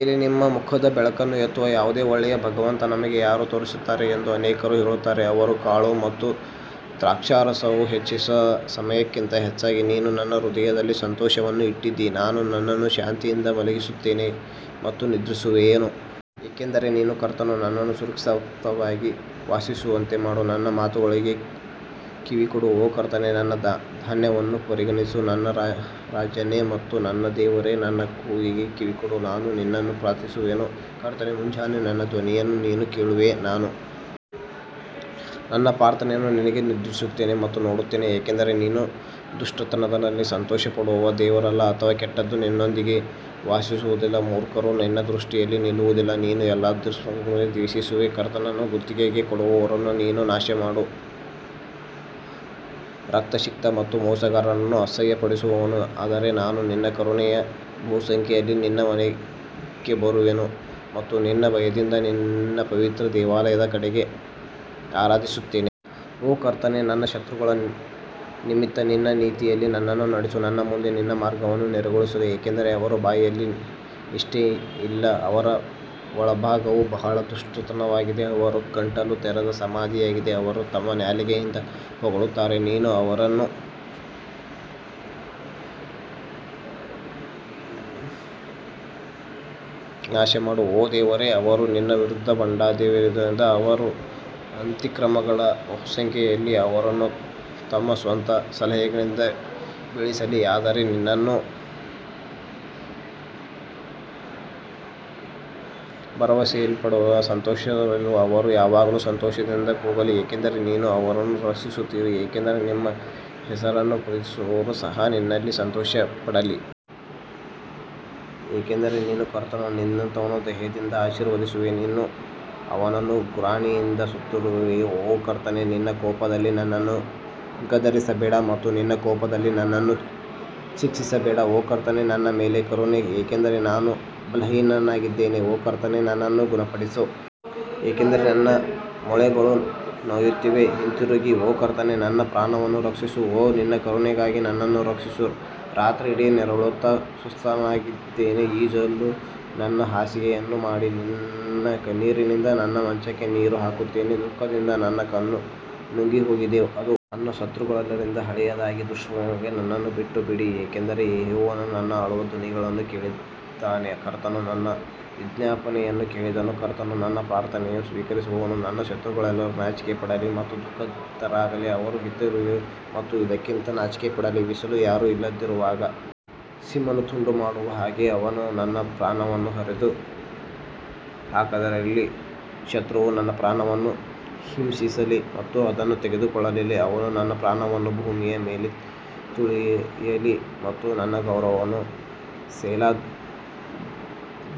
ನಮ್ಮ ಮೇಲೆ ನಿಮ್ಮ ಮುಖದ ಬೆಳಕನ್ನು ಎತ್ತುವ ಯಾವುದೇ ಒಳ್ಳೆಯ ಭಗವಂತ ನಮಗೆ ಯಾರು ತೋರಿಸುತ್ತಾರೆ ಎಂದು ಅನೇಕರು ಹೇಳುತ್ತಾರೆ ಅವರ ಕಾಳು ಮತ್ತು ದ್ರಾಕ್ಷಾರಸವು ಹೆಚ್ಚಿದ ಸಮಯಕ್ಕಿಂತ ಹೆಚ್ಚಾಗಿ ನೀನು ನನ್ನ ಹೃದಯದಲ್ಲಿ ಸಂತೋಷವನ್ನು ಇಟ್ಟಿದ್ದೀ ನಾನು ನನ್ನನ್ನು ಶಾಂತಿಯಿಂದ ಮಲಗಿಸುತ್ತೇನೆ ಮತ್ತು ನಿದ್ರಿಸುವೆನು ಏಕೆಂದರೆ ನೀನು ಕರ್ತನು ನನ್ನನ್ನು ಸುರಕ್ಷಿತವಾಗಿ ವಾಸಿಸುವಂತೆ ಮಾಡು ನನ್ನ ಮಾತುಗಳಿಗೆ ಕಿವಿಗೊಡು ಓ ಕರ್ತನೇ ನನ್ನ ಧ್ಯಾನವನ್ನು ಪರಿಗಣಿಸು ನನ್ನ ರಾಜನೇ ಮತ್ತು ನನ್ನ ದೇವರೇ ನನ್ನ ಕೂಗಿಗೆ ಕಿವಿಗೊಡು, ನಾನು ನಿನ್ನನ್ನು ಪ್ರಾರ್ಥಿಸುವೆನು ಕರ್ತನೇ ಮುಂಜಾನೆ ನನ್ನ ಧ್ವನಿಯನ್ನು ನೀನು ಕೇಳುವೆ, ನಾನು ನನ್ನ ಪ್ರಾರ್ಥನೆಯನ್ನು ನಿನಗೆ ನಿರ್ದೇಶಿಸುತ್ತೇನೆ ಮತ್ತು ನೋಡುತ್ತೇನೆ ಯಾಕಂದರೆ ನೀನು ದುಷ್ಟತನದಲ್ಲಿ ಸಂತೋಷಪಡುವ ದೇವರಲ್ಲ ಅಥವಾ ಕೆಟ್ಟದ್ದು ನಿನ್ನೊಂದಿಗೆ ವಾಸಿಸುವುದಿಲ್ಲ ಮೂರ್ಖರು ನಿನ್ನ ದೃಷ್ಟಿಯಲ್ಲಿ ನಿಲ್ಲುವದಿಲ್ಲ, ನೀನು ಎಲ್ಲಾ ದುಷ್ಕರ್ಮಿಗಳನ್ನು ದ್ವೇಷಿಸುವಿ ಕರ್ತನನ್ನು ಗುತ್ತಿಗೆಗೆ ಕೊಡುವವರನ್ನು ನೀನು ನಾಶಮಾಡು, ರಕ್ತಸಿಕ್ತ ಮತ್ತು ಮೋಸಗಾರನನ್ನು ಅಸಹ್ಯಪಡಿಸುವನು ಆದರೆ ನಾನು ನಿನ್ನ ಕರುಣೆಯ ಬಹುಸಂಖ್ಯೆಯಲ್ಲಿ ನಿನ್ನ ಮನೆಗೆ ಬರುವೆನು ಮತ್ತು ನಿನ್ನ ಭಯದಿಂದ ನಿನ್ನ ಪವಿತ್ರ ದೇವಾಲಯದ ಕಡೆಗೆ ಆರಾಧಿಸುತ್ತೇನೆ. ಓ ಕರ್ತನೇ, ನನ್ನ ಶತ್ರುಗಳ ನಿಮಿತ್ತ ನಿನ್ನ ನೀತಿಯಲ್ಲಿ ನನ್ನನ್ನು ನಡೆಸು, ನನ್ನ ಮುಂದೆ ನಿನ್ನ ಮಾರ್ಗವನ್ನು ನೇರಗೊಳಿಸು ಯಾಕಂದರೆ ಅವರ ಬಾಯಿಯಲ್ಲಿ ನಿಷ್ಠೆಯಿಲ್ಲ, ಅವರ ಒಳಭಾಗವು ಬಹಳ ದುಷ್ಟತನವಾಗಿದೆ, ಅವರ ಗಂಟಲು ತೆರೆದ ಸಮಾಧಿಯಾಗಿದೆ ಅವರು ತಮ್ಮ ನಾಲಿಗೆಯಿಂದ ಹೊಗಳುತ್ತಾರೆ ನೀನು ಅವರನ್ನು ನಾಶಮಾಡು ಓ ದೇವರೇ, ಅವರು ನಿನ್ನ ವಿರುದ್ಧ ಬಂಡಾಯವೆದ್ದಿರುವದರಿಂದ ಅವರ ಅತಿಕ್ರಮಣಗಳ ಬಹುಸಂಖ್ಯೆಯಲ್ಲಿ ಅವರನ್ನು ತಮ್ಮ ಸ್ವಂತ ಸಲಹೆಗಳಿಂದ ಬೀಳಿಸಲಿ ಆದರೆ ನಿನ್ನಲ್ಲಿ ಭರವಸೆಯಿಡುವವರೆಲ್ಲರೂ ಸಂತೋಷಪಡಲಿ, ಅವರು ಯಾವಾಗಲೂ ಸಂತೋಷದಿಂದ ಕೂಗಲಿ, ಏಕೆಂದರೆ ನೀವು ಅವರನ್ನು ರಕ್ಷಿಸುತ್ತೀರಿ ಏಕೆಂದರೆ ನಿಮ್ಮ ಹೆಸರನ್ನು ಪ್ರೀತಿಸುವವರು ಸಹ ನಿನ್ನಲ್ಲಿ ಸಂತೋಷಪಡಲಿ. ಯಾಕಂದರೆ ನೀನು ಕರ್ತನು ನೀತಿವಂತನನ್ನು ದಯೆಯಿಂದ ಆಶೀರ್ವದಿಸುವೆ, ನೀನು ಅವನನ್ನು ಗುರಾಣಿಯಿಂದ ಸುತ್ತುವರಿಯುವೆ ಓ ಕರ್ತನೇ ನಿನ್ನ ಕೋಪದಲ್ಲಿ ನನ್ನನ್ನು ಗದರಿಸಬೇಡ ಮತ್ತು ನಿನ್ನ ಕೋಪದಲ್ಲಿ ನನ್ನನ್ನು ಶಿಕ್ಷಿಸಬೇಡ ಓ ಕರ್ತನೇ ನನ್ನ ಮೇಲೆ ಕರುಣಿಸು, ಏಕೆಂದರೆ ನಾನು ಬಲಹೀನನಾಗಿದ್ದೇನೆ, ಓ ಕರ್ತನೇ ನನ್ನನ್ನು ಗುಣಪಡಿಸು, ಏಕೆಂದರೆ ನನ್ನ ಮೂಳೆಗಳು ನೋಯುತ್ತಿವೆ ಹಿಂತಿರುಗಿ ಓ ಕರ್ತನೇ ನನ್ನ ಪ್ರಾಣವನ್ನು ರಕ್ಷಿಸು ಓ ನಿನ್ನ ಕರುಣೆಗಾಗಿ ನನ್ನನ್ನು ರಕ್ಷಿಸು ರಾತ್ರಿಯಿಡೀ ನರಳುತ್ತಾ ಸುಸ್ತಾಗಿದ್ದೇನೆ ಈಜಲು ನನ್ನ ಹಾಸಿಗೆಯನ್ನು ಮಾಡಿ ನನ್ನ ಕಣ್ಣೀರಿನಿಂದ ನನ್ನ ಮಂಚಕ್ಕೆ ನೀರು ಹಾಕುತ್ತೇನೆ ದುಃಖದಿಂದ ನನ್ನ ಕಣ್ಣು ನುಂಗಿಹೋಗಿದೆ, ಅದು ನನ್ನ ಶತ್ರುಗಳೆಲ್ಲರಿಂದ ಹಳೆಯದಾಗಿದೆ ದುಷ್ಕರ್ಮಿಗಳೇ ನನ್ನನ್ನು ಬಿಟ್ಟುಬಿಡಿ, ಯಾಕಂದರೆ ಯೆಹೋವನು ನನ್ನ ಅಳುವ ಧ್ವನಿಯನ್ನು ಕೇಳಿದ್ದಾನೆ ಕರ್ತನು ನನ್ನ ವಿಜ್ಞಾಪನೆಯನ್ನು ಕೇಳಿದನು ಕರ್ತನು ನನ್ನ ಪ್ರಾರ್ಥನೆಯನ್ನು ಸ್ವೀಕರಿಸುವನು ನನ್ನ ಶತ್ರುಗಳೆಲ್ಲರೂ ನಾಚಿಕೆಪಡಲಿ ಮತ್ತು ದುಃಖಿತರಾಗಲಿ, ಅವರು ಹಿಂತಿರುಗಲಿ ಮತ್ತು ಇದ್ದಕ್ಕಿದ್ದಂತೆ ನಾಚಿಕೆಪಡಲಿ ಬಿಡಿಸಲು ಯಾರೂ ಇಲ್ಲದಿರುವಾಗ ಸಿಂಹವನ್ನು ತುಂಡು ಮಾಡುವ ಹಾಗೆ ಅವನು ನನ್ನ ಪ್ರಾಣವನ್ನು ಹರಿದು ಹಾಕದಿರಲಿ ಶತ್ರುವು ನನ್ನ ಪ್ರಾಣವನ್ನು ಹಿಂಸಿಸಲಿ ಮತ್ತು ಅದನ್ನು ತೆಗೆದುಕೊಳ್ಳಲಿ, ಅವನು ನನ್ನ ಪ್ರಾಣವನ್ನು ಭೂಮಿಯ ಮೇಲೆ ತುಳಿಯಲಿ ಮತ್ತು ನನ್ನ ಗೌರವವನ್ನು ಸೆಲಾ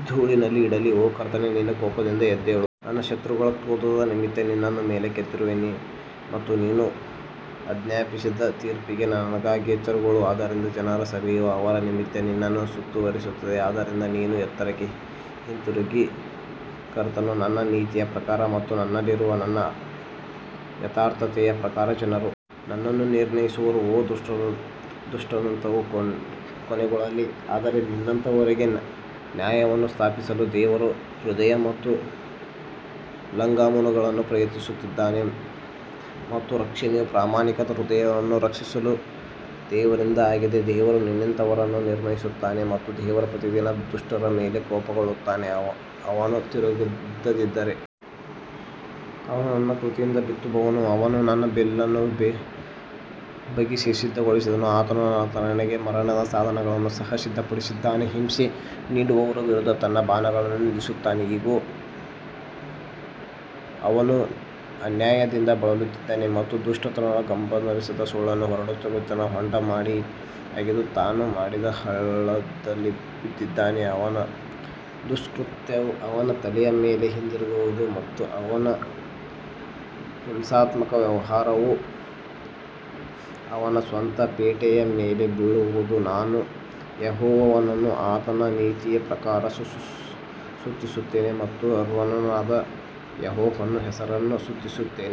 ಧೂಳಿನಲ್ಲಿ ಇಡಲಿ ಓ ಕರ್ತನೇ ನಿನ್ನ ಕೋಪದಿಂದ ಎದ್ದೇಳು, ನನ್ನ ಶತ್ರುಗಳ ಕ್ರೋಧದ ನಿಮಿತ್ತ ನಿನ್ನನ್ನು ಮೇಲಕ್ಕೆತ್ತಿ ಮತ್ತು ನೀನು ಆಜ್ಞಾಪಿಸಿದ ತೀರ್ಪಿಗೆ ನನಗಾಗಿ ಎಚ್ಚರಗೊಳ್ಳು ಆದ್ದರಿಂದ ಜನರ ಸಭೆಯು ಅವರ ನಿಮಿತ್ತ ನಿನ್ನನ್ನು ಸುತ್ತುವರಿಯುತ್ತದೆ ಆದ್ದರಿಂದ ನೀನು ಎತ್ತರಕ್ಕೆ ಹಿಂತಿರುಗಿ ಕರ್ತನು ನನ್ನ ನೀತಿಯ ಪ್ರಕಾರ ಮತ್ತು ನನ್ನಲ್ಲಿರುವ ನನ್ನ ಯಥಾರ್ಥತೆಯ ಪ್ರಕಾರ ಜನರು ನನ್ನನ್ನು ನಿರ್ಣಯಿಸುವರು ಓ ದುಷ್ಟರ ದುಷ್ಟತನವು ಕೊನೆಗೊಳ್ಳಲಿ ಆದರೆ ನೀತಿವಂತರಿಗೆ ನ್ಯಾಯವನ್ನು ಸ್ಥಾಪಿಸಲಿ ದೇವರು ಹೃದಯ ಮತ್ತು ಲಗಾಮುಗಳನ್ನು ಪ್ರಯತ್ನಿಸುತ್ತಾನೆ ನನ್ನ ರಕ್ಷಣೆಯು ಪ್ರಾಮಾಣಿಕ ಹೃದಯವನ್ನು ರಕ್ಷಿಸುವ ದೇವರಿಂದ ಆಗಿದೆ ದೇವರು ನೀತಿವಂತರನ್ನು ನಿರ್ಣಯಿಸುತ್ತಾನೆ ಮತ್ತು ದೇವರು ಪ್ರತಿದಿನ ದುಷ್ಟರ ಮೇಲೆ ಕೋಪಗೊಳ್ಳುತ್ತಾನೆ ಅವನು ತಿರುಗದಿದ್ದರೆ ಅವನು ತನ್ನ ಕತ್ತಿಯನ್ನು ಬಿತ್ತುವನು, ಅವನು ತನ್ನ ಬಿಲ್ಲನ್ನು ಬಗ್ಗಿಸಿ ಸಿದ್ಧಗೊಳಿಸಿದನು ಆತನು ಆತನಿಗೆ ಮರಣದ ಸಾಧನಗಳನ್ನು ಸಹ ಸಿದ್ಧಪಡಿಸಿದ್ದಾನೆ, ಹಿಂಸೆ ನೀಡುವವರ ವಿರುದ್ಧ ತನ್ನ ಬಾಣಗಳನ್ನು ವಿಧಿಸುತ್ತಾನೆ ಇಗೋ, ಅವನು ಅನ್ಯಾಯದಿಂದ ಬಳಲುತ್ತಿದ್ದಾನೆ ಮತ್ತು ದುಷ್ಟತನವನ್ನು ಗರ್ಭಧರಿಸಿ ಸುಳ್ಳನ್ನು ಹೊರತಂದಿದ್ದಾನೆ ಹೊಂಡ ಮಾಡಿ ಅಗೆದು ತಾನು ಮಾಡಿದ ಹಳ್ಳದಲ್ಲಿ ಬಿದ್ದಿದ್ದಾನೆ ಅವನ ದುಷ್ಕೃತ್ಯವು ಅವನ ತಲೆಯ ಮೇಲೆ ಹಿಂದಿರುಗುವದು ಮತ್ತು ಅವನ ಹಿಂಸಾತ್ಮಕ ವ್ಯವಹಾರವು ಅವನ ಸ್ವಂತ ಪೇಟೆಯ ಮೇಲೆ ಬೀಳುವದು ನಾನು ಯೆಹೋವನನ್ನು ಆತನ ನೀತಿಯ ಪ್ರಕಾರ ಸ್ತುತಿಸುತ್ತೇನೆ ಮತ್ತು ಸರ್ವೋನ್ನತನಾದ ಯೆಹೋವನ ಹೆಸರನ್ನು ಸ್ತುತಿಸುತ್ತೇನೆ.